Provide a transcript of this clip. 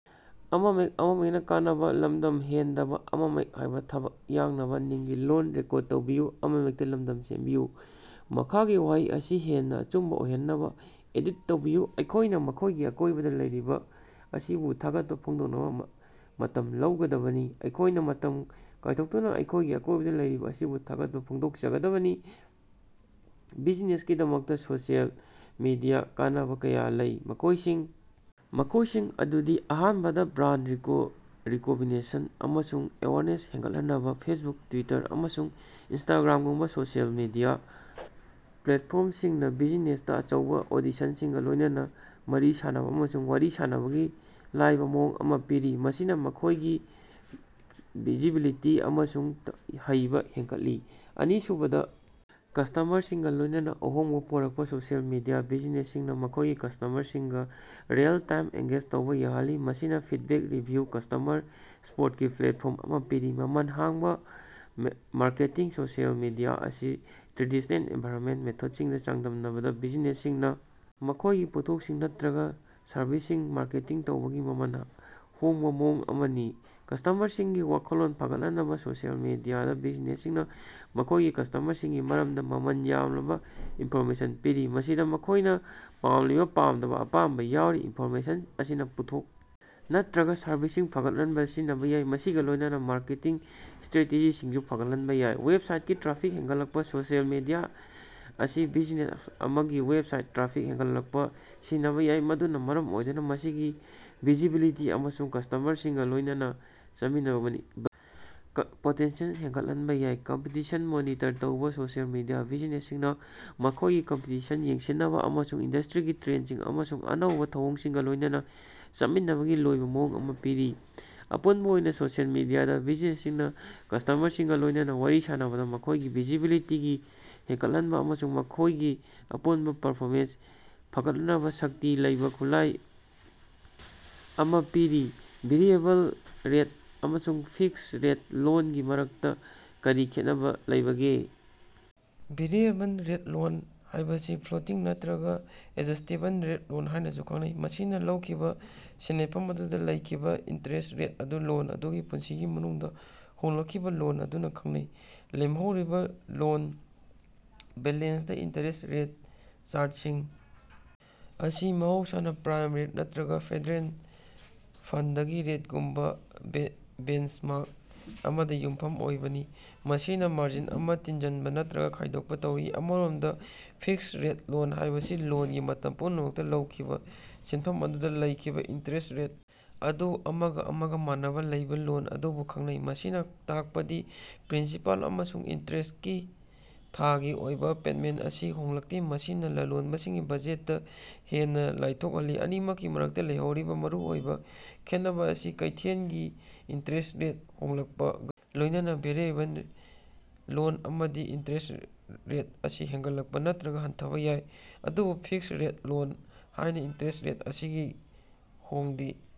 ꯃꯈꯥꯒꯤ ꯋꯥꯍꯩ ꯑꯁꯤ ꯍꯦꯟꯅ ꯑꯆꯨꯝꯕ ꯑꯣꯏꯍꯟꯅꯕ ꯑꯦꯗꯤꯠ ꯇꯧꯕꯤꯌꯨ꯫ ꯑꯩꯈꯣꯏꯅ ꯑꯩꯈꯣꯏꯒꯤ ꯑꯀꯣꯏꯕꯗ ꯂꯩꯔꯤꯕ ꯑꯁꯤꯕꯨ ꯊꯥꯒꯠꯄ ꯐꯣꯡꯗꯣꯛꯅꯕ ꯃꯇꯝ ꯂꯧꯒꯗꯕꯅꯤ꯫ ꯑꯩꯈꯣꯏꯅ ꯃꯇꯝ ꯀꯥꯏꯊꯣꯛꯇꯨꯅ ꯑꯩꯈꯣꯏꯒꯤ ꯑꯀꯣꯏꯕꯗ ꯂꯩꯔꯤꯕ ꯑꯁꯤꯕꯨ ꯊꯥꯒꯠꯄ ꯐꯣꯡꯗꯣꯛꯆꯒꯗꯕꯅꯤ꯫ ꯕꯤꯖꯤꯅꯦꯁꯁꯤꯡꯒꯤꯗꯃꯛꯇ ꯁꯣꯁꯤꯑꯦꯜ ꯃꯤꯗꯤꯌꯥꯒꯤ ꯀꯥꯟꯅꯕ ꯀꯌꯥ ꯂꯩ, ꯃꯈꯣꯏꯁꯤꯡ ꯃꯈꯣꯏꯁꯤꯡ ꯑꯗꯨꯗꯤ: ꯑꯍꯥꯟꯕꯗ, ꯕ꯭ꯔꯥꯟꯗ ꯔꯤꯀ꯭ꯣꯒꯅꯤꯁꯟ ꯑꯃꯁꯨꯡ ꯑꯦꯋꯦꯌ꯭ꯔꯅꯦꯁ ꯍꯦꯟꯒꯠꯍꯟꯕ: ꯐꯦꯁꯕꯨꯛ, ꯇ꯭ꯋꯤꯇꯔ, ꯑꯃꯁꯨꯡ ꯏꯟꯁꯇꯥꯒ꯭ꯔꯥꯝꯒꯨꯝꯕ ꯁꯣꯁꯤꯑꯦꯜ ꯃꯤꯗꯤꯌꯥ ꯄ꯭ꯂꯦꯠꯐ꯭ꯣꯔꯝꯁꯤꯡꯅ ꯕꯤꯖꯤꯅꯦꯁꯁꯤꯡꯅ ꯑꯆꯧꯕꯥ ꯑꯣꯗꯤꯁꯟꯁꯤꯡꯒ ꯂꯣꯏꯅꯅ ꯋꯥꯔꯤ ꯁꯥꯅꯕ ꯑꯃꯁꯨꯡ ꯋꯥꯔꯤ ꯁꯥꯅꯕꯒꯤ ꯂꯥꯏꯕ ꯃꯑꯣꯡ ꯑꯃꯥ ꯄꯤꯔꯤ, ꯃꯁꯤꯅ ꯃꯈꯣꯏꯒꯤ ꯚꯤꯖꯤꯕꯤꯂꯤꯇꯤ ꯑꯃꯁꯨꯡ ꯌꯧꯕ ꯍꯦꯡꯒꯠꯍꯜꯂꯤ꯫ ꯑꯅꯤꯁꯨꯕꯗ, ꯀ꯭ꯁꯇꯃ꯭ꯔꯁꯤꯡꯒ ꯂꯣꯏꯅꯅ ꯑꯍꯣꯡꯕ ꯄꯨꯔꯛꯄ: ꯁꯣꯁꯤꯑꯦꯜ ꯃꯤꯗꯤꯌꯥꯅ ꯕꯤꯖꯤꯅꯦꯁꯁꯤꯡꯅ ꯃꯈꯣꯏꯒꯤ ꯀ꯭ꯁꯇꯃ꯭ꯔꯁꯤꯡꯒ ꯔꯤꯑꯦꯜ-ꯇꯥꯏꯝꯗ ꯑꯦꯡꯒꯦꯖ ꯇꯧꯕꯥ ꯌꯥꯍꯜꯂꯤ, ꯃꯁꯤꯅ ꯐꯤꯗꯕꯦꯛ, ꯔꯤꯚ꯭ꯌꯨ ꯑꯃꯁꯨꯡ ꯀ꯭ꯁꯇꯃ꯭ꯔ ꯁꯄꯣꯔꯠꯀꯤ ꯄ꯭ꯂꯦꯠꯐ꯭ꯣꯔꯝ ꯑꯃꯥ ꯄꯤꯔꯤ꯫ ꯃꯃꯜ ꯍꯣꯡꯕ ꯃꯥꯔꯀꯦꯇꯤꯡ: ꯁꯣꯁꯤꯑꯦꯜ ꯃꯤꯗꯤꯌꯥ ꯑꯁꯤ ꯇ꯭ꯔꯦꯗꯤꯁꯅꯦꯜ ꯑꯦꯗꯚꯥꯔꯇꯥꯏꯖꯃꯦꯟꯠ ꯃꯦꯊꯠꯁꯤꯡꯒ ꯆꯥꯡꯗꯝꯅꯕꯗ, ꯕꯤꯖꯤꯅꯦꯁꯁꯤꯡꯅ ꯃꯈꯣꯏꯒꯤ ꯄꯣꯠꯊꯣꯛꯁꯤꯡ ꯅꯠꯇꯔꯒ ꯁꯔꯚꯤꯁꯁꯤꯡ ꯃꯥꯔꯀꯦꯇꯤꯡ ꯇꯧꯕꯒꯤ ꯃꯃꯜ ꯍꯣꯡꯕꯥ ꯃꯑꯣꯡ ꯑꯃꯅꯤ꯫ ꯀ꯭ꯁꯇꯃ꯭ꯔꯁꯤꯡꯒꯤ ꯋꯥꯈꯜꯂꯣꯟꯁꯤꯡ ꯐꯒꯠꯍꯟꯕ: ꯁꯣꯁꯤꯑꯦꯜ ꯃꯤꯗꯤꯌꯥꯅ ꯕꯤꯖꯤꯅꯦꯁꯁꯤꯡꯗ ꯃꯈꯣꯏꯒꯤ ꯀ꯭ꯁꯇꯃ꯭ꯔꯁꯤꯡꯒꯤ ꯃꯔꯝꯗ ꯃꯃꯜ ꯌꯥꯝꯂꯕ ꯏꯅꯐꯣꯔꯃꯦꯁꯟ ꯄꯤꯔꯤ, ꯃꯁꯤꯗ ꯃꯈꯣꯏꯅ ꯄꯥꯃꯂꯤꯕ, ꯄꯥꯝꯗꯕ ꯑꯃꯁꯨꯡ ꯑꯄꯥꯝꯕ ꯌꯥꯎꯔꯤ꯫ ꯏꯟꯐꯣꯔꯃꯦꯁꯟ ꯑꯁꯤ ꯄꯣꯠꯊꯣꯛ ꯅꯠꯇꯔꯒ ꯁꯔꯚꯤꯁꯁꯤꯡ ꯐꯒꯠꯍꯟꯕꯗ ꯁꯤꯖꯤꯟꯅꯕ ꯌꯥꯏ, ꯃꯁꯤꯒ ꯂꯣꯏꯅꯅ ꯃꯥꯔꯀꯦꯇꯤꯡ ꯁ꯭ꯇꯔꯥꯇꯦꯖꯤꯁꯤꯡꯁꯨ ꯐꯒꯠꯍꯟꯕ ꯌꯥꯏ꯫ ꯋꯦꯕꯁꯥꯏꯠꯀꯤ ꯇ꯭ꯔꯥꯐꯤꯛ ꯍꯦꯡꯒꯠꯂꯛꯄꯥ: ꯁꯣꯁꯤꯑꯦꯜ ꯃꯤꯗꯤꯌꯥ ꯑꯁꯤ ꯕꯤꯖꯤꯅꯦꯁ ꯑꯃꯒꯤ ꯋꯦꯕꯁꯥꯏꯠꯇ ꯇ꯭ꯔꯥꯐꯤꯛ ꯍꯦꯡꯒꯠꯍꯟꯅꯕ ꯁꯤꯖꯤꯟꯅꯕ ꯌꯥꯏ, ꯃꯗꯨꯅ ꯃꯔꯝ ꯑꯣꯏꯗꯨꯅ ꯃꯁꯤꯒꯤ ꯚꯤꯖꯤꯕꯤꯂꯤꯇꯤ ꯑꯃꯁꯨꯡ ꯀ꯭ꯁꯇꯃ꯭ꯔꯁꯤꯡꯒ ꯂꯣꯏꯅꯅ ꯆꯠꯃꯤꯟꯅꯕꯒꯤ ꯄꯣꯇꯦꯟꯁꯤꯑꯦꯜ ꯍꯦꯡꯒꯠꯍꯟꯕ ꯌꯥꯏ꯫ ꯀꯝꯄꯤꯇꯤꯁꯟ ꯃꯣꯅꯤꯇꯔ ꯇꯧꯕ: ꯁꯣꯁꯤꯑꯦꯜ ꯃꯤꯗꯤꯌꯥꯅ ꯕꯤꯖꯤꯅꯦꯁꯁꯤꯡꯗ ꯃꯈꯣꯏꯒꯤ ꯀꯝꯄꯤꯇꯤꯁꯟ ꯌꯦꯡꯁꯤꯟꯅꯕ ꯑꯃꯁꯨꯡ ꯏꯟꯗꯁ꯭ꯇꯔꯤꯒꯤ ꯇ꯭ꯔꯦꯟꯁꯤꯡ ꯑꯃꯁꯨꯡ ꯑꯅꯧꯕ ꯊꯧꯑꯣꯡꯁꯤꯡꯒ ꯂꯣꯏꯅꯅ ꯆꯠꯃꯤꯟꯅꯕꯒꯤ ꯂꯥꯏꯕ ꯃꯑꯣꯡ ꯑꯃ ꯄꯤꯔꯤ꯫ ꯑꯄꯨꯅꯕ ꯑꯣꯏꯅ ꯁꯣꯁꯤꯑꯦꯜ ꯃꯤꯗꯤꯌꯥꯅ ꯕꯤꯖꯤꯅꯦꯁꯁꯤꯡꯗ ꯀ꯭ꯁꯇꯃ꯭ꯔꯁꯤꯡꯒ ꯂꯣꯏꯅꯅ ꯋꯥꯔꯤ ꯁꯥꯅꯕ, ꯃꯈꯣꯏꯒꯤ ꯚꯤꯖꯤꯕꯤꯂꯤꯇꯤ ꯍꯦꯡꯒꯠꯍꯟꯅꯕ ꯑꯃꯁꯨꯡ ꯃꯈꯣꯏꯒꯤ ꯑꯄꯨꯟꯕ ꯄꯔꯐꯣꯃꯦꯟꯁ ꯐꯒꯠꯍꯟꯅꯕ ꯁꯛꯇꯤ ꯂꯩꯕ ꯈꯨꯠꯂꯥꯏ ꯑꯃ ꯄꯤꯔꯤ꯫ ꯚꯦꯔꯤꯑꯦꯕꯜ ꯔꯦꯠ ꯑꯃꯁꯨꯡ ꯐꯤꯛꯁ ꯔꯦꯠ ꯂꯣꯟꯒꯤ ꯃꯔꯛꯇ ꯀꯔꯤ ꯈꯦꯠꯅꯕ ꯂꯩꯕꯒꯦ? ꯚꯦꯔꯤꯑꯦꯕꯜ ꯔꯦꯠ ꯂꯣꯟ ꯍꯥꯏꯕꯁꯤ ꯐ꯭ꯂꯣꯇꯤꯡ ꯅꯠꯇꯔꯒ ꯑꯦꯗꯖ꯭ꯁꯇꯦꯕꯜ ꯔꯦꯠ ꯂꯣꯟ ꯍꯥꯏꯅꯁꯨ ꯈꯪꯅꯩ, ꯃꯁꯤꯅ ꯂꯧꯈꯤꯕ ꯁꯦꯅꯐꯝ ꯑꯗꯨꯗ ꯂꯧꯈꯤꯕ ꯏꯟꯇꯔꯦꯁ꯭ꯠ ꯔꯦꯠ ꯑꯗꯨ ꯂꯣꯟ ꯑꯗꯨꯒꯤ ꯄꯨꯟꯁꯤꯒꯤ ꯃꯅꯨꯡꯗ ꯍꯣꯡꯂꯛꯂꯤꯕ ꯂꯣꯟ ꯑꯗꯨꯕꯨ ꯈꯪꯅꯩ꯫ ꯂꯦꯝꯍꯧꯔꯤꯕ ꯂꯣꯟ ꯕꯦꯂꯦꯟꯁꯇ ꯏꯟꯇꯔꯦꯁ꯭ꯠ ꯔꯦꯠ ꯆꯥ꯭ꯔꯖꯁꯤꯡ ꯑꯁꯤ ꯃꯍꯧꯁꯥꯅ ꯄ꯭ꯔꯥꯏꯝ ꯔꯦꯠ ꯅꯠꯇꯔꯒ ꯐꯦꯗꯔꯦꯜ ꯐꯟꯗꯁꯤꯡꯒꯤ ꯔꯦꯠꯒꯨꯝꯕ ꯕꯦꯟꯆꯃꯥ꯭ꯔꯛ ꯑꯃꯗ ꯌꯨꯝꯐꯝ ꯑꯣꯏꯕꯅꯤ, ꯃꯁꯤꯗ ꯃꯥꯔꯖꯤꯟ ꯑꯃ ꯇꯤꯟꯖꯟꯕ ꯅꯠꯇꯔꯒ ꯈꯥꯏꯗꯣꯛꯄ ꯇꯧꯏ꯫ ꯑꯃꯔꯣꯝꯗ, ꯐꯤꯛꯁ ꯔꯦꯠ ꯂꯣꯟ ꯍꯥꯏꯕꯁꯤ ꯂꯣꯟꯒꯤ ꯃꯇꯝ ꯄꯨꯝꯅꯃꯛꯇ ꯂꯧꯈꯤꯕ ꯁꯦꯟꯐꯝ ꯑꯗꯨꯗ ꯂꯧꯈꯤꯕ ꯏꯟꯇꯔꯦꯁ꯭ꯠ ꯔꯦꯠ ꯑꯗꯨ ꯑꯃꯒ ꯑꯃꯒ ꯃꯥꯟꯅꯅ ꯂꯩꯕ ꯂꯣꯟ ꯑꯗꯨꯕꯨ ꯈꯪꯅꯩ꯫ ꯃꯁꯤꯅ ꯇꯥꯛꯄꯗꯤ ꯄ꯭ꯔꯤꯟꯁꯤꯄꯥꯜ ꯑꯃꯁꯨꯡ ꯏꯟꯇꯔꯦꯁ꯭ꯠꯀꯤ ꯊꯥꯒꯤ ꯑꯣꯏꯕ ꯄꯦꯃꯦꯟꯠꯁꯤꯡ ꯑꯁꯤ ꯍꯣꯡꯂꯛꯇꯦ, ꯃꯁꯤꯅ ꯂꯂꯣꯟꯕꯁꯤꯡꯅ ꯕꯖꯦꯠꯇ ꯍꯦꯟꯅ ꯂꯥꯏꯊꯣꯛꯍꯜꯂꯤ꯫ ꯑꯅꯤꯃꯛꯀꯤ ꯃꯔꯛꯇ ꯂꯩꯔꯤꯕ ꯃꯔꯨꯑꯣꯏꯕ ꯈꯦꯠꯅꯕ ꯑꯁꯤꯗꯤ ꯀꯩꯊꯦꯜꯒꯤ ꯏꯟꯇꯔꯦꯁ꯭ꯠ ꯔꯦꯠ ꯍꯣꯡꯂꯛꯄꯒꯥ ꯂꯣꯏꯅꯅꯥ ꯚꯦꯔꯤꯑꯦꯕꯜ ꯔꯦꯠ ꯂꯣꯟ ꯑꯃꯒꯤ ꯏꯟꯇꯔꯦꯁ꯭ꯠ ꯔꯦꯠ ꯑꯁꯤ ꯍꯦꯡꯒꯠꯂꯛꯄ ꯅꯠꯇꯔꯒ ꯍꯟꯊꯕ ꯌꯥꯏ ꯑꯗꯨꯕꯨ ꯐꯤꯛꯁ ꯔꯦꯠ ꯂꯣꯟ ꯑꯃꯒꯤ ꯏꯟꯇꯔꯦꯁ꯭ꯠ ꯔꯦꯠ ꯑꯁꯤꯗꯤ ꯍꯣꯡꯗꯦ꯫